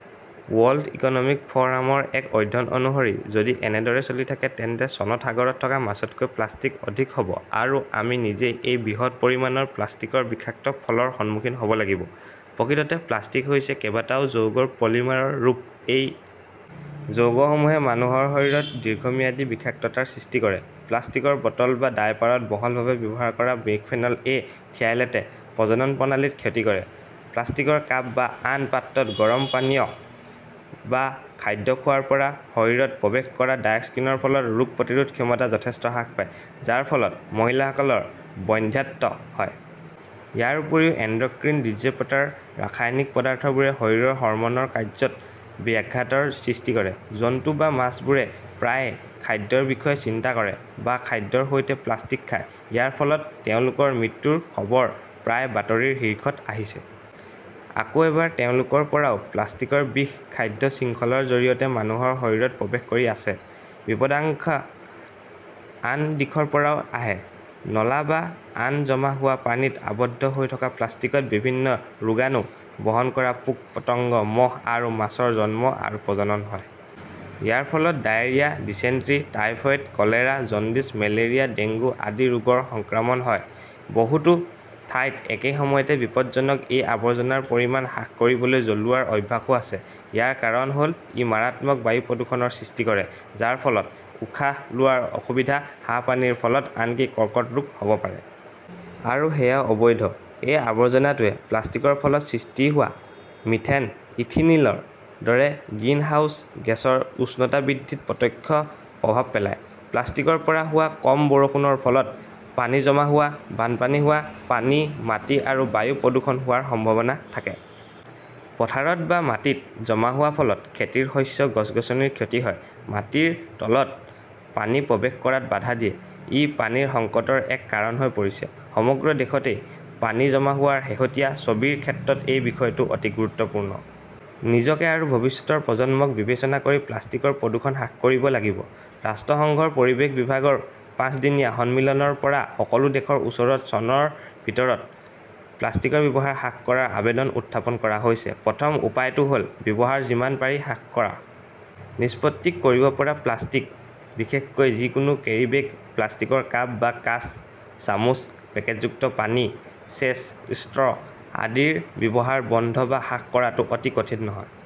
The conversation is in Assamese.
ৱৰ্ল্ড ইকনমিক ফ'ৰামৰ এক অধ্যয়ন অনুসৰি, যদি এনেদৰে চলি থাকে তেন্তে চনত সাগৰত থকা মাছতকৈ প্লাষ্টিক অধিক হ'ব। আৰু আমি নিজেই এই বৃহৎ পৰিমাণৰ প্লাষ্টিকৰ বিষাক্ত ফলৰ সন্মুখীন হ'ব লাগিব। প্ৰকৃততে প্লাষ্টিক হৈছে কেইবাটাও যৌগৰ পলিমাৰ ৰূপ। এই যৌগসমূহে মানুহৰ শৰীৰত দীৰ্ঘম্যাদী বিষাক্ততাৰ সৃষ্টি কৰে। প্লাষ্টিকৰ বটল বা ডায়েপাৰত বহুলভাৱে ব্যৱহাৰ কৰা বিসফেনল এ, থ্যালেটে প্ৰজনন প্ৰণালীত ক্ষতি কৰে। প্লাষ্টিকৰ কাপ বা আন পাত্ৰত গৰম পানীয় বা খাদ্য খোৱাৰ পৰা শৰীৰত প্ৰৱেশ কৰা ডাইঅক্সিনৰ ফলত ৰোগ প্ৰতিৰোধ ক্ষমতা যথেষ্ট হ্ৰাস পায়, যাৰ ফলত মহিলাসকলৰ বন্ধ্যাত্ব হয়। ইয়াৰ উপৰিও এণ্ডক্ৰিন ডিজ্ৰেপটাৰ ৰাসায়নিক পদাৰ্থবোৰে শৰীৰৰ হৰমনৰ কাৰ্যত ব্যাঘাতৰ সৃষ্টি কৰে। জন্তু বা মাছবোৰে প্ৰায় খাদ্যৰ বিষয়ে চিন্তা কৰে বা খাদ্যৰ সৈতে প্লাষ্টিক খায়। ইয়াৰ ফলত তেওঁলোকৰ মৃত্যুৰ খবৰ প্ৰায়ে বাতৰিৰ শীৰ্ষত আহিছে। আকৌ এবাৰ তেওঁলোকৰ পৰাও প্লাষ্টিকৰ বিষ খাদ্য শৃংখলৰ জৰিয়তে মানুহৰ শৰীৰত প্ৰৱেশ কৰি আছে। বিপদাংশা আন দিশৰ পৰাও আহে। নলা বা আন জমা হোৱা পানীত আবদ্ধ হৈ থকা প্লাষ্টিকত বিভিন্ন ৰোগাণু বহন কৰা পোক-পতংগ, মহ আৰু মাছৰ জন্ম আৰু প্ৰজনন হয়। ইয়াৰ ফলত diarrhoea, dysentery, typhoid, cholera, jaundice, malaria, dengue আদি ৰোগৰ সংক্ৰমণ হয়। বহুতো ঠাইত একে সময়তে বিপদজনক এই আৱৰ্জনাৰ পৰিমাণ হ্ৰাস কৰিবলৈ জ্বলোৱাৰ অভ্যাসও আছে। ইয়াৰ কাৰণ হল ই মাৰাত্মক বায়ু প্ৰদূষণৰ সৃষ্টি কৰে যাৰ ফলত উশাহ লোৱাৰ অসুবিধা, হাঁপানিৰ ফলত আনকি কৰ্কট ৰোগ হ'ব পাৰে। আৰু সেয়াও অবৈধ। এই আৱৰ্জনাটোৱে প্লাষ্টিকৰ ফলত সৃষ্টি হোৱা মিথেন, ইথিনিলৰ দৰে 'গ্ৰিনহাউজ গেছৰ উষ্ণতা বৃদ্ধিত প্ৰত্যক্ষ প্ৰভাৱ পেলায়। প্লাষ্টিকৰ পৰা হোৱা কম বৰষুণৰ ফলত পানী জমা হোৱা, বানপানী হোৱা, পানী, মাটি আৰু বায়ু প্ৰদূষণ হোৱাৰ সম্ভাৱনা থাকে। পথাৰত বা মাটিত জমা হোৱাৰ ফলত খেতিৰ শস্য, গছ-গছনিৰ ক্ষতি হয়, মাটিৰ তলত পানী প্ৰৱেশ কৰাত বাধা দিয়ে। ই পানীৰ সংকটৰ এক কাৰণ হৈ পৰিছে। সমগ্ৰ দেশতে পানী জমা হোৱাৰ শেহতীয়া ছবিৰ ক্ষেত্ৰত এই বিষয়টো অতি গুৰুত্বপূৰ্ণ। নিজকে আৰু ভৱিষ্যতৰ প্ৰজন্মক বিবেচনা কৰি প্লাষ্টিকৰ প্ৰদূষণ হ্ৰাস কৰিব লাগিব। ৰাষ্ট্ৰসংঘৰ পৰিৱেশ বিভাগৰ পাঁচদিনীয়া সন্মিলনৰ পৰা সকলো দেশৰ ওচৰত চনৰ ভিতৰত প্লাষ্টিকৰ ব্যৱহাৰ হ্ৰাস কৰাৰ আবেদন উত্থাপন কৰা হৈছে। প্ৰথম উপায়টো হ'ল ব্যৱহাৰ যিমান পাৰি হ্ৰাস কৰা। 'নিষ্পত্তি কৰিব পৰা প্লাষ্টিক বিশেষকৈ যিকোনো কেৰীবেগ, প্লাষ্টিকৰ কাপ বা কাঁচ, চামুচ, পেকেটযুক্ত পানী, চেচ, ষ্ট্ৰ আদিৰ ব্যৱহাৰ বন্ধ বা হ্ৰাস কৰাটো অতি কঠিন নহয়।